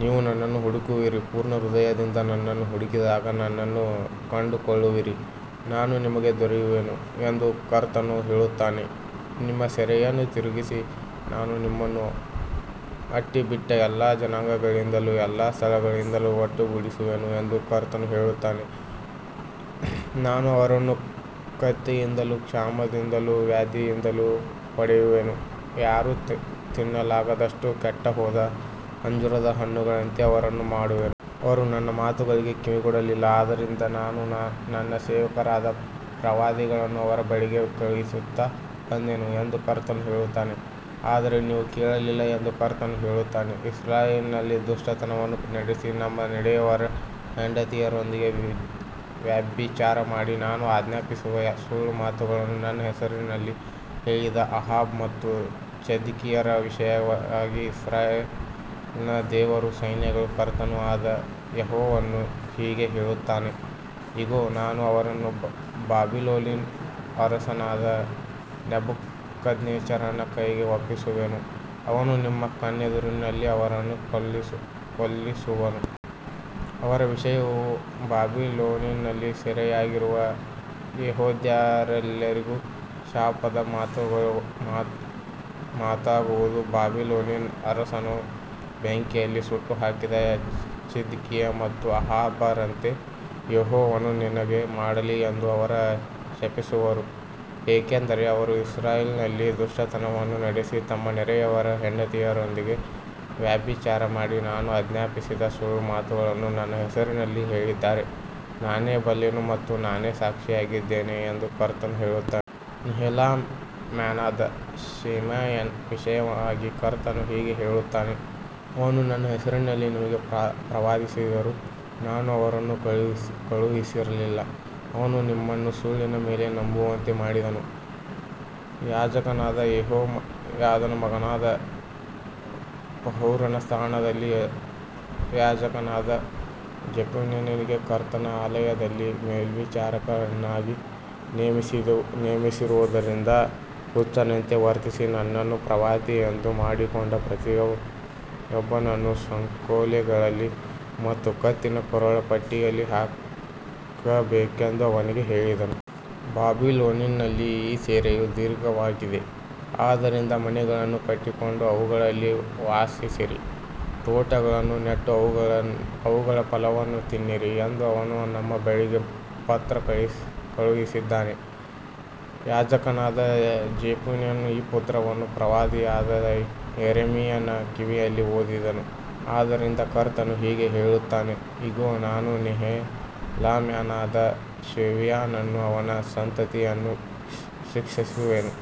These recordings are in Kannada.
ನೀವು ನನ್ನನ್ನು ಹುಡುಕುವಿರಿ, ಪೂರ್ಣ ಹೃದಯದಿಂದ ನನ್ನನ್ನು ಹುಡುಕಿದಾಗ ನನ್ನನ್ನು ಕಂಡುಕೊಳ್ಳುವಿರಿ. ನಾನು ನಿಮಗೆ ದೊರೆಯುವೆನು ಎಂದು ಕರ್ತನು ಹೇಳುತ್ತಾನೆ, ನಿಮ್ಮ ಸೆರೆಯನ್ನು ತಿರುಗಿಸಿ, ನಾನು ನಿಮ್ಮನ್ನು ಅಟ್ಟಿಬಿಟ್ಟ ಎಲ್ಲಾ ಜನಾಂಗಗಳಿಂದಲೂ ಎಲ್ಲಾ ಸ್ಥಳಗಳಿಂದಲೂ ಒಟ್ಟುಗೂಡಿಸುವೆನು ಎಂದು ಕರ್ತನು ಹೇಳುತ್ತಾನೆ. ನಾನು ಅವರನ್ನು ಕತ್ತಿಯಿಂದಲೂ ಕ್ಷಾಮದಿಂದಲೂ ವ್ಯಾಧಿಯಿಂದಲೂ ಹೊಡೆಯುವೆನು, ಯಾರೂ ತಿನ್ನಲಾಗದಷ್ಟು ಕೆಟ್ಟುಹೋದ ಅಂಜೂರದ ಹಣ್ಣುಗಳಂತೆ ಅವರನ್ನು ಮಾಡುವೆನು. ಅವರು ನನ್ನ ಮಾತುಗಳಿಗೆ ಕಿವಿಗೊಡಲಿಲ್ಲ, ಆದ್ದರಿಂದ ನಾನು ನನ್ನ ಸೇವಕರಾದ ಪ್ರವಾದಿಗಳನ್ನು ಅವರ ಬಳಿಗೆ ಕಳುಹಿಸುತ್ತಾ ಬಂದೆನು ಎಂದು ಕರ್ತನು ಹೇಳುತ್ತಾನೆ, ಆದರೆ ನೀವು ಕೇಳಲಿಲ್ಲ ಎಂದು ಕರ್ತನು ಹೇಳುತ್ತಾನೆ. ಇಸ್ರಾಯೇಲಿನಲ್ಲಿ ದುಷ್ಟತನವನ್ನು ನಡೆಸಿ, ತಮ್ಮ ನೆರೆಯವರ ಹೆಂಡತಿಯರೊಂದಿಗೆ ವ್ಯಭಿಚಾರ ಮಾಡಿ, ನಾನು ಆಜ್ಞಾಪಿಸದ ಸುಳ್ಳು ಮಾತುಗಳನ್ನು ನನ್ನ ಹೆಸರಿನಲ್ಲಿ ಹೇಳಿದ ಅಹಾಬ ಮತ್ತು ಚಿದ್ಕೀಯರ ವಿಷಯವಾಗಿ ಇಸ್ರಾಯೇಲಿನ ದೇವರೂ ಸೈನ್ಯಗಳ ಕರ್ತನೂ ಆದ ಯೆಹೋವನು ಹೀಗೆ ಹೇಳುತ್ತಾನೆ, ಇಗೋ, ನಾನು ಅವರನ್ನು ಬಾಬಿಲೋನಿನ ಅರಸನಾದ ನೆಬೂಕದ್ನೆಚ್ಚರನ ಕೈಗೆ ಒಪ್ಪಿಸುವೆನು, ಅವನು ನಿಮ್ಮ ಕಣ್ಣೆದುರಿನಲ್ಲಿ ಅವರನ್ನು ಕೊಲ್ಲಿಸುವನು. ಅವರ ವಿಷಯವು ಬಾಬಿಲೋನಿನಲ್ಲಿ ಸೆರೆಯಾಗಿರುವ ಯೆಹೂದ್ಯರೆಲ್ಲರಿಗೂ ಶಾಪದ ಮಾತಾಗುವುದು, ಬಾಬಿಲೋನಿನ ಅರಸನು ಬೆಂಕಿಯಲ್ಲಿ ಸುಟ್ಟುಹಾಕಿದ ಚಿದ್ಕೀಯ ಮತ್ತು ಅಹಾಬರಂತೆ ಯೆಹೋವನು ನಿನಗೆ ಮಾಡಲಿ ಎಂದು ಅವರು ಶಪಿಸುವರು. ಏಕೆಂದರೆ ಅವರು ಇಸ್ರಾಯೇಲಿನಲ್ಲಿ ದುಷ್ಟತನವನ್ನು ನಡೆಸಿ, ತಮ್ಮ ನೆರೆಯವರ ಹೆಂಡತಿಯರೊಂದಿಗೆ ವ್ಯಭಿಚಾರ ಮಾಡಿ, ನಾನು ಆಜ್ಞಾಪಿಸದ ಸುಳ್ಳು ಮಾತುಗಳನ್ನು ನನ್ನ ಹೆಸರಿನಲ್ಲಿ ಹೇಳಿದ್ದಾರೆ, ನಾನೇ ಬಲ್ಲೆನು ಮತ್ತು ನಾನೇ ಸಾಕ್ಷಿಯಾಗಿದ್ದೇನೆ ಎಂದು ಕರ್ತನು ಹೇಳುತ್ತಾನೆ. ನೆಹೆಲಾಮ್ಯನಾದ ಶೆಮಾಯನ ವಿಷಯವಾಗಿ ಕರ್ತನು ಹೀಗೆ ಹೇಳುತ್ತಾನೆ, ಅವನು ನನ್ನ ಹೆಸರಿನಲ್ಲಿ ನಿಮಗೆ ಪ್ರವಾದಿಸಿದರೂ ನಾನು ಅವನನ್ನು ಕಳುಹಿಸಿರಲಿಲ್ಲ. ಅವನು ನಿಮ್ಮನ್ನು ಸುಳ್ಳಿನ ಮೇಲೆ ನಂಬುವಂತೆ ಮಾಡಿದನು. ಯಾಜಕನಾದ ಯೆಹೋಯಾದನ ಮಗನಾದ ಪಶ್ಹೂರನ ಸ್ಥಾನದಲ್ಲಿ ಯಾಜಕನಾದ ಜೆಫನ್ಯನಿಗೆ ಕರ್ತನ ಆಲಯದಲ್ಲಿ ಮೇಲ್ವಿಚಾರಕನನ್ನಾಗಿ ನೇಮಿಸಿರುವುದರಿಂದ, ಹುಚ್ಚನಂತೆ ವರ್ತಿಸಿ ತನ್ನನ್ನು ಪ್ರವಾದಿಯೆಂದು ಮಾಡಿಕೊಂಡ ಪ್ರತಿಯೊಬ್ಬನನ್ನು ಸಂಕೋಲೆಗಳಲ್ಲಿ ಮತ್ತು ಕತ್ತಿನ ಕೊರಳಪಟ್ಟಿಯಲ್ಲಿ ಹಾಕಬೇಕೆಂದು ಅವನಿಗೆ ಹೇಳಿದನು. ಬಾಬಿಲೋನಿನಲ್ಲಿ ಈ ಸೆರೆಯು ದೀರ್ಘವಾಗಿದೆ, ಆದ್ದರಿಂದ ಮನೆಗಳನ್ನು ಕಟ್ಟಿಕೊಂಡು ಅವುಗಳಲ್ಲಿ ವಾಸಿಸಿರಿ, ತೋಟಗಳನ್ನು ನೆಟ್ಟು ಅವುಗಳ ಫಲವನ್ನು ತಿನ್ನಿರಿ ಎಂದು ಅವನು ನಮ್ಮ ಬಳಿಗೆ ಪತ್ರ ಕಳುಹಿಸಿದ್ದಾನೆ. ಯಾಜಕನಾದ ಜೆಫನ್ಯನು ಈ ಪತ್ರವನ್ನು ಪ್ರವಾದಿಯಾದ ಯೆರೆಮೀಯನ ಕಿವಿಯಲ್ಲಿ ಓದಿದನು. ಆದ್ದರಿಂದ ಕರ್ತನು ಹೀಗೆ ಹೇಳುತ್ತಾನೆ, ಇಗೋ, ನಾನು ನೆಹೆಲಾಮ್ಯನಾದ ಶೆಮಾಯನನ್ನೂ ಅವನ ಸಂತತಿಯನ್ನೂ ಶಿಕ್ಷಿಸುವೆನು.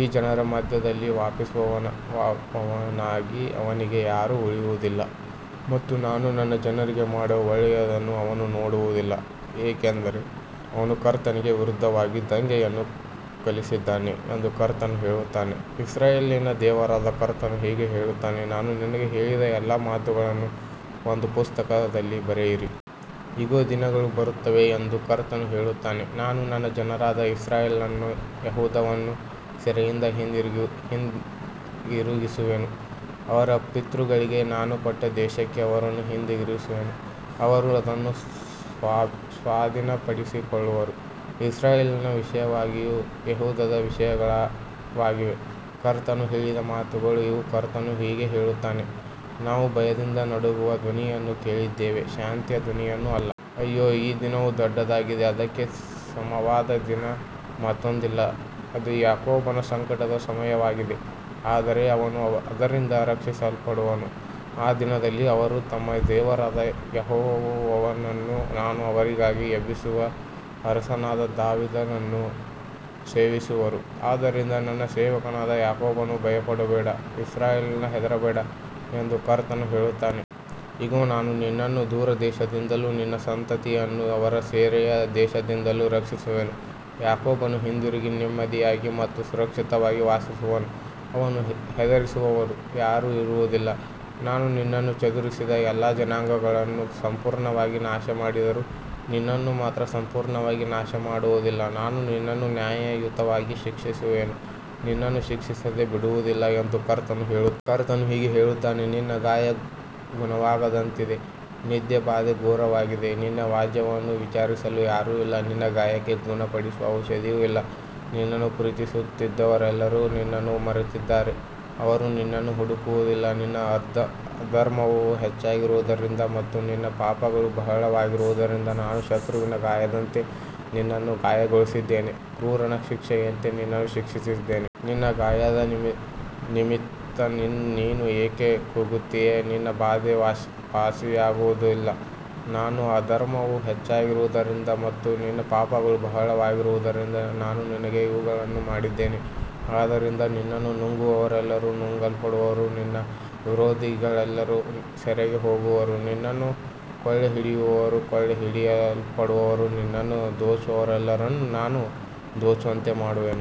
ಈ ಜನರ ಮಧ್ಯದಲ್ಲಿ ವಾಸಿಸುವವನಾಗಿ ಅವನಿಗೆ ಯಾರೂ ಉಳಿಯುವುದಿಲ್ಲ, ಮತ್ತು ನಾನು ನನ್ನ ಜನರಿಗೆ ಮಾಡುವ ಒಳ್ಳೆಯದನ್ನು ಅವನು ನೋಡುವುದಿಲ್ಲ, ಏಕೆಂದರೆ ಅವನು ಕರ್ತನಿಗೆ ವಿರುದ್ಧವಾಗಿ ದಂಗೆಯನ್ನು ಕಲಿಸಿದ್ದಾನೆ ಎಂದು ಕರ್ತನು ಹೇಳುತ್ತಾನೆ. ಇಸ್ರಾಯೇಲಿನ ದೇವರಾದ ಕರ್ತನು ಹೀಗೆ ಹೇಳುತ್ತಾನೆ, ನಾನು ನಿನಗೆ ಹೇಳಿದ ಎಲ್ಲಾ ಮಾತುಗಳನ್ನು ಒಂದು ಪುಸ್ತಕದಲ್ಲಿ ಬರೆಯಿರಿ. ಇಗೋ, ದಿನಗಳು ಬರುತ್ತವೆ ಎಂದು ಕರ್ತನು ಹೇಳುತ್ತಾನೆ, ನಾನು ನನ್ನ ಜನರಾದ ಇಸ್ರಾಯೇಲನ್ನೂ ಯೆಹೂದವನ್ನೂ ಸೆರೆಯಿಂದ ಹಿಂದಿರುಗಿಸುವೆನು, ಅವರ ಪಿತೃಗಳಿಗೆ ನಾನು ಕೊಟ್ಟ ದೇಶಕ್ಕೆ ಅವರನ್ನು ಹಿಂದಿರುಗಿಸುವೆನು, ಅವರು ಅದನ್ನು ಸ್ವಾಧೀನಪಡಿಸಿಕೊಳ್ಳುವರು. ಇಸ್ರಾಯೇಲಿನ ವಿಷಯವಾಗಿಯೂ ಯೆಹೂದದ ವಿಷಯವಾಗಿಯೂ ಕರ್ತನು ಹೇಳಿದ ಮಾತುಗಳು ಇವು. ಕರ್ತನು ಹೀಗೆ ಹೇಳುತ್ತಾನೆ, ನಾವು ಭಯದಿಂದ ನಡುಗುವ ಧ್ವನಿಯನ್ನು ಕೇಳಿದ್ದೇವೆ, ಶಾಂತಿಯ ಧ್ವನಿಯನ್ನು ಅಲ್ಲ. ಅಯ್ಯೋ, ಆ ದಿನವು ದೊಡ್ಡದಾಗಿದೆ, ಅದಕ್ಕೆ ಸಮವಾದ ದಿನ ಮತ್ತೊಂದಿಲ್ಲ. ಅದು ಯಾಕೋಬನ ಸಂಕಟದ ಸಮಯವಾಗಿದೆ, ಆದರೆ ಅವನು ಅದರಿಂದ ರಕ್ಷಿಸಲ್ಪಡುವನು. ಆ ದಿನದಲ್ಲಿ ಅವರು ತಮ್ಮ ದೇವರಾದ ಯೆಹೋವನನ್ನೂ ನಾನು ಅವರಿಗಾಗಿ ಎಬ್ಬಿಸುವ ಅರಸನಾದ ದಾವೀದನನ್ನೂ ಸೇವಿಸುವರು. ಆದ್ದರಿಂದ ನನ್ನ ಸೇವಕನಾದ ಯಾಕೋಬನೇ, ಭಯಪಡಬೇಡ, ಇಸ್ರಾಯೇಲೇ, ಹೆದರಬೇಡ ಎಂದು ಕರ್ತನು ಹೇಳುತ್ತಾನೆ. ಇಗೋ, ನಾನು ನಿನ್ನನ್ನು ದೂರದೇಶದಿಂದಲೂ ನಿನ್ನ ಸಂತತಿಯನ್ನು ಅವರ ಸೆರೆಯ ದೇಶದಿಂದಲೂ ರಕ್ಷಿಸುವೆನು. ಯಾಕೋಬನು ಹಿಂದಿರುಗಿ, ನೆಮ್ಮದಿಯಾಗಿ ಮತ್ತು ಸುರಕ್ಷಿತವಾಗಿ ವಾಸಿಸುವನು, ಅವನನ್ನು ಹೆದರಿಸುವವರು ಯಾರೂ ಇರುವುದಿಲ್ಲ. ನಾನು ನಿನ್ನನ್ನು ಚದುರಿಸಿದ ಎಲ್ಲಾ ಜನಾಂಗಗಳನ್ನು ಸಂಪೂರ್ಣವಾಗಿ ನಾಶಮಾಡಿದರೂ, ನಿನ್ನನ್ನು ಮಾತ್ರ ಸಂಪೂರ್ಣವಾಗಿ ನಾಶಮಾಡುವುದಿಲ್ಲ. ನಾನು ನಿನ್ನನ್ನು ನ್ಯಾಯಯುತವಾಗಿ ಶಿಕ್ಷಿಸುವೆನು, ನಿನ್ನನ್ನು ಶಿಕ್ಷಿಸದೆ ಬಿಡುವುದಿಲ್ಲ ಎಂದು ಕರ್ತನು ಹೇಳುತ್ತಾನೆ. ಕರ್ತನು ಹೀಗೆ ಹೇಳುತ್ತಾನೆ, ನಿನ್ನ ಗಾಯ ಗುಣವಾಗದಂತಿದೆ, ನಿನ್ನ ಬಾಧೆ ಘೋರವಾಗಿದೆ. ನಿನ್ನ ವ್ಯಾಜ್ಯವನ್ನು ವಿಚಾರಿಸಲು ಯಾರೂ ಇಲ್ಲ, ನಿನ್ನ ಗಾಯಕ್ಕೆ ಗುಣಪಡಿಸುವ ಔಷಧಿಯೂ ಇಲ್ಲ. ನಿನ್ನನ್ನು ಪ್ರೀತಿಸುತ್ತಿದ್ದವರೆಲ್ಲರೂ ನಿನ್ನನ್ನು ಮರೆತಿದ್ದಾರೆ, ಅವರು ನಿನ್ನನ್ನು ಹುಡುಕುವುದಿಲ್ಲ. ನಿನ್ನ ಅಧರ್ಮವು ಹೆಚ್ಚಾಗಿರುವುದರಿಂದ ಮತ್ತು ನಿನ್ನ ಪಾಪಗಳು ಬಹಳವಾಗಿರುವುದರಿಂದ ನಾನು ಶತ್ರುವಿನ ಗಾಯದಂತೆ ನಿನ್ನನ್ನು ಗಾಯಗೊಳಿಸಿದ್ದೇನೆ, ಕ್ರೂರನ ಶಿಕ್ಷೆಯಂತೆ ನಿನ್ನನ್ನು ಶಿಕ್ಷಿಸಿದ್ದೇನೆ. ನಿನ್ನ ಗಾಯದ ನಿಮಿತ್ತ ನೀನು ಏಕೆ ಕೂಗುತ್ತೀಯೆ, ನಿನ್ನ ಬಾಧೆ ವಾಸಿಯಾಗುವುದಿಲ್ಲ. ನಿನ್ನ ಅಧರ್ಮವು ಹೆಚ್ಚಾಗಿರುವುದರಿಂದ ಮತ್ತು ನಿನ್ನ ಪಾಪಗಳು ಬಹಳವಾಗಿರುವುದರಿಂದ ನಾನು ನಿನಗೆ ಇವುಗಳನ್ನು ಮಾಡಿದ್ದೇನೆ. ಆದ್ದರಿಂದ ನಿನ್ನನ್ನು ನುಂಗುವವರೆಲ್ಲರೂ ನುಂಗಲ್ಪಡುವರು, ನಿನ್ನ ವಿರೋಧಿಗಳೆಲ್ಲರೂ ಸೆರೆಗೆ ಹೋಗುವರು, ನಿನ್ನನ್ನು ಕೊಳ್ಳೆಹೊಡೆಯುವವರು ಕೊಳ್ಳೆಹೊಡೆಯಲ್ಪಡುವರು, ನಿನ್ನನ್ನು ದೋಚುವವರೆಲ್ಲರನ್ನೂ ನಾನು ದೋಚುವಂತೆ ಮಾಡುವೆನು.